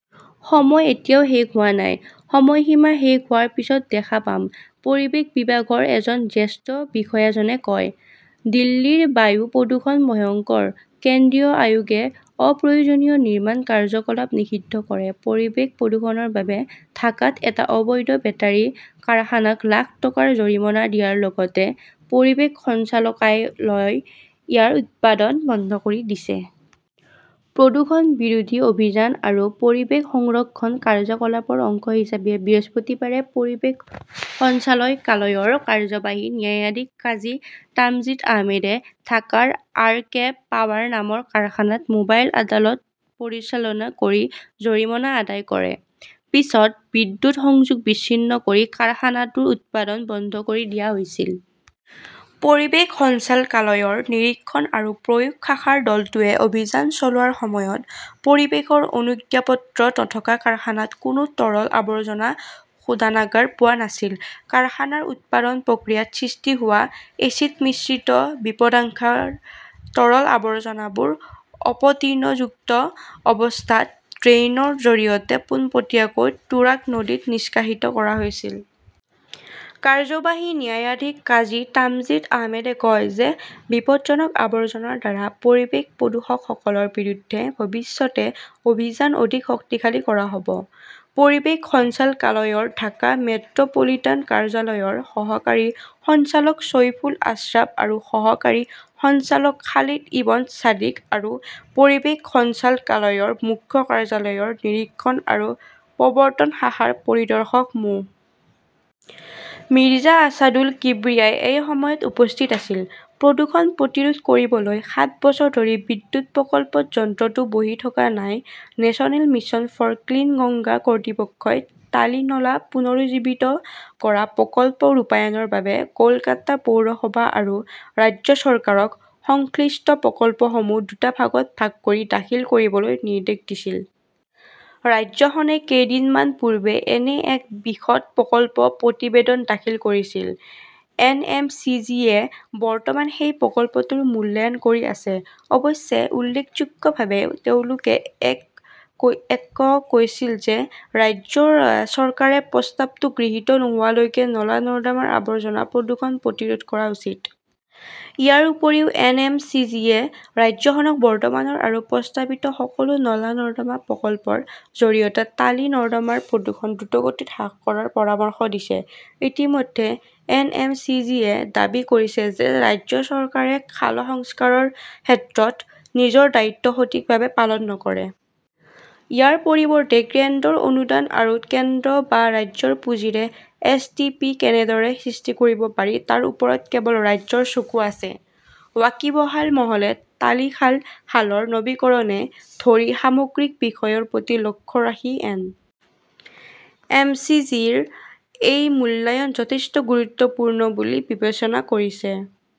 "সময় এতিয়াও শেষ হোৱা নাই। সময়সীমা শেষ হোৱাৰ পিছত দেখা পাম ", পৰিৱেশ বিভাগৰ এজন জ্যেষ্ঠ বিষয়াজনে কয়। দিল্লীৰ বায়ু প্ৰদূষণ ভয়ংকৰ, কেন্দ্ৰীয় আয়োগে অপ্ৰয়োজনীয় নিৰ্মাণ কাৰ্যকলাপ নিষিদ্ধ কৰে পৰিৱেশ প্ৰদূষণৰ বাবে ঢাকাত এটা অবৈধ বেটাৰী কাৰখানাক লাখ টকাৰ জৰিমনা দিয়াৰ লগতে পৰিৱেশ সঞ্চালকালয়ই ইয়াৰ উৎপাদন বন্ধ কৰি দিছে। প্ৰদূষণ বিৰোধী অভিযান আৰু পৰিৱেশ সংৰক্ষণ কাৰ্যকলাপৰ অংশ হিচাপে বৃহস্পতিবাৰে পৰিৱেশ সঞ্চালকালয়ৰ কাৰ্যবাহী ন্যায়াধীশ কাজী তামজিদ আহমেদে ঢাকাৰ আৰ. কে. পাৱাৰ নামৰ কাৰখানাত মোবাইল আদালত পৰিচালনা কৰি জৰিমনা আদায় কৰে। পিছত বিদ্যুৎ সংযোগ বিচ্ছিন্ন কৰি কাৰখানাটোৰ উৎপাদন বন্ধ কৰি দিয়া হৈছিল। পৰিৱেশ সঞ্চালকালয়ৰ নিৰীক্ষণ আৰু প্ৰয়োগ শাখাৰ দলটোৱে অভিযান চলোৱাৰ সময়ত পৰিৱেশৰ অনুজ্ঞাপত্ৰ নথকা কাৰখানাত কোনো তৰল আৱৰ্জনা শোধনাগাৰ পোৱা নাছিল। কাৰখানাৰ উৎপাদন প্ৰক্ৰিয়াত সৃষ্টি হোৱা এচিড-মিশ্ৰিত বিপদাশংকাৰ তৰল আৱৰ্জনাবোৰ অপতৃণযুক্ত অৱস্থাত ড্ৰেইনৰ জৰিয়তে পোনপটীয়াকৈ তুৰাগ নদীত নিষ্কাশিত কৰা হৈছিল। কাৰ্যবাহী ন্যায়াধীশ কাজী তামজিদ আহমেদে কয় যে বিপদজনক আৱৰ্জনাৰ দ্বাৰা পৰিৱেশ প্ৰদূষকসকলৰ বিৰুদ্ধে ভৱিষ্যতে অভিযান অধিক শক্তিশালী কৰা হ 'ব। পৰিৱেশ সঞ্চালকালয়ৰ ঢাকা মেট্ৰ 'পলিটান কাৰ্যালয়ৰ সহকাৰী সঞ্চালক চৈফুল আশ্ৰাব আৰু সহকাৰী সঞ্চালক খালিদ ইবন ছাদিক আৰু পৰিৱেশ সঞ্চালকালয়ৰ মুখ্য কাৰ্যালয়ৰ নিৰীক্ষণ আৰু প্ৰবৰ্ত্তন শাখাৰ পৰিদৰ্শক মো. মিৰ্জা আছাদুল কিব্ৰিয়াই এই সময়ত উপস্থিত আছিল। প্ৰদূষণ প্ৰতিৰোধ কৰিবলৈ সাত বছৰ ধৰি বিদ্যুৎ প্ৰকল্পত যন্ত্ৰটো বহি থকা নাই 'National Mission for Clean Ganga " কৰ্তৃপক্ষই টালি নালা পুনৰুজ্জীৱিত কৰা প্ৰকল্প ৰূপায়ণৰ বাবে কলকাতা পৌৰসভা আৰু ৰাজ্য চৰকাৰক সংশ্লিষ্ট প্ৰকল্পসমূহ দুটা ভাগত ভাগ কৰি দাখিল কৰিবলৈ নিৰ্দেশ দিছিল। ৰাজ্যখনে কেইদিনমান পূৰ্বে এনে এক বিশদ প্ৰকল্প প্ৰতিবেদন দাখিল কৰিছিল। এন. এম. চি. জি. -য়ে বৰ্তমান সেই প্ৰকল্পটোৰ মূল্যায়ন কৰি আছে। অৱশ্যে, উল্লেখযোগ্যভাৱে তেওঁলোকে এ-ক কৈছিল যে ৰাজ্য চৰকাৰে প্ৰস্তাৱটো গৃহীত নোহোৱালৈকে নলা-নৰ্দমাৰ আৱৰ্জনা-প্ৰদূষণ প্ৰতিৰোধ কৰা উচিত। ইয়াৰ উপৰিও এন. এম. চি. জি. -য়ে ৰাজ্যখনক বৰ্তমানৰ আৰু প্ৰস্তাৱিত সকলো নলা-নৰ্দমা প্ৰকল্প -ৰ জৰিয়তে টালি নৰ্দমাৰ প্ৰদূষণ দ্ৰুতগতিত হ্ৰাস কৰাৰ পৰামৰ্শ দিছে। ইতিমধ্যে, এন. এম. চি. জি. -য়ে দাবী কৰিছে যে ৰাজ্য চৰকাৰে খাল সংস্কাৰৰ ক্ষেত্ৰত নিজৰ দায়িত্ব সঠিকভাৱে পালন নকৰে। ইয়াৰ পৰিৱৰ্তে, কেন্দ্ৰৰ অনুদান আৰু কেন্দ্ৰ বা ৰাজ্যৰ পুঁজিৰে এছ. টি. পি. কেনেদৰে সৃষ্টি কৰিব পাৰি তাৰ ওপৰত কেৱল 'ৰাজ্যৰ "চকু আছে। ৱাকিবহাল মহলে টালি খাল, খালৰ নৱীকৰণকে ধৰি সামগ্ৰিক বিষয়ৰ প্ৰতি লক্ষ্য ৰাখি এন. এম. চি. জি. -ৰ এই মূল্যায়ন যথেষ্ট 'গুৰুত্বপূৰ্ণ "বুলি বিবেচনা কৰিছে।